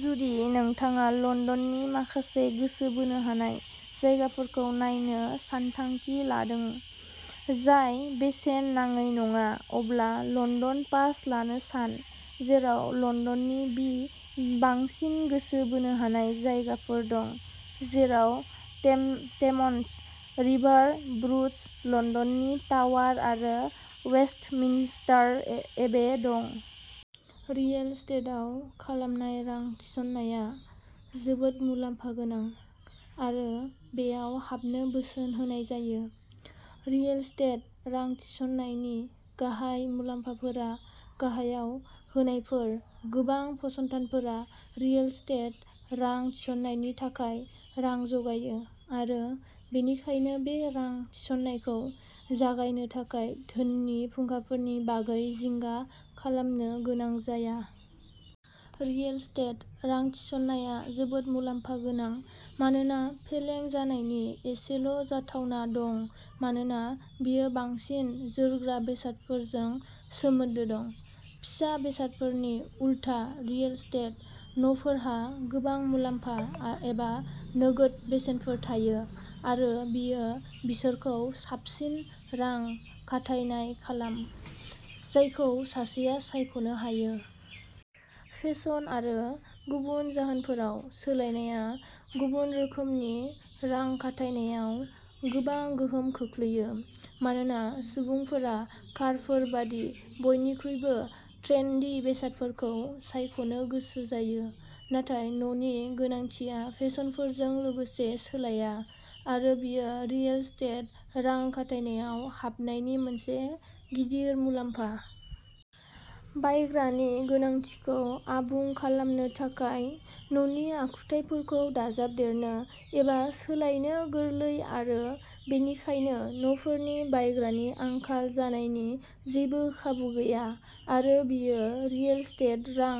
जुदि नोंथाङा लन्दननि माखासे गोसो बोनो हानाय जायगाफोरखौ नायनो सानथांखि खालामदों, जाय बेसेन नाङै नङा, अब्ला लन्दन पास लानो सान, जेराव लन्दननि नि बांसिन गोसो बोनो हानाय जायगाफोर दं, जेराव थेम्स रिभार क्रुज, लन्दननि टावार आरो वेस्टमिन्स्टार एबे दं। रियेल एस्टेटआव खालामनाय रां थिसननाया जोबोद मुलाम्फा गोनां आरो बेयाव हाबनो बोसोन होनाय जायो। रियेल एस्टेट रां थिसननायनि गाहाय मुलाम्फाफोरा गाहायाव होनायफोर। गोबां फसंथानफोरा रियेल एस्टेट रां थिसननायनि थाखाय रां जगायो आरो बेनिखायनो बे रां थिसननायखौ जागायनो थाखाय धोननि फुंखाफोरनि बागै जिंगा खालामनो गोनां जाया। रियेल एस्टेट रां थिसननाया जोबोद मुलाम्फा गोनां मानोना फेलें जानायनि एसेल'जाथावना दं मानोना बेयो बांसिन जोरग्रा बेसादफोरजों सोमोन्दो दं। फिसा बेसादफोरनि उलथा रियेल एस्टेट न'फोरहा गोबां मुलाम्फा एबा नोगोद बेसेनफोर थायो आरो बेयो बिसोरखौ साबसिन रां खाथायनाय खालाम, जायखौ सासेआ सायख'नो हायो। फेशन आरो गुबुन जाहोनफोराव सोलायनायआ गुबुन रोखोमनि रां खाथायनायाव गोबां गोहोम खोख्लैयो, मानोना सुबुंफोरा कारफोर बायदि बयनिख्रुइबो ट्रेन्डी बेसादफोरखौ सायख'नो गोसो जायो, नाथाय न'नि गोनांथिया फेसनफोरजों लोगोसे सोलाया आरो बेयो रियेल एस्टेट रां खाथायनायाव हाबनायनि मोनसे गिदिर मुलाम्फा। बायग्रानि गोनांथिखौ आबुं खालामनो थाखाय न'नि आखुथायफोरखौ दाजाबदेरनो एबा सोलायनो गोरलै आरो बेनिखायनो न'फोरनि बायग्रानि आंखाल जानायनि जेबो खाबु गैया आरो बेयो रियेल एस्टेट रां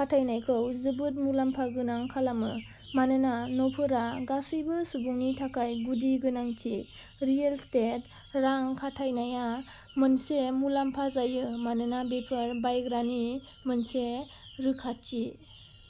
खाथायनायखौ जोबोद मुलाम्फा गोनां खालामो। मानोना न'फोरा गासैबो सुबुंनि थाखाय गुदि गोनांथि, रियेल एस्टेट रां खाथायनाया मोनसे मुलाम्फा जायो मानोना बेफोर बायग्रानि मोनसे रोखाथि।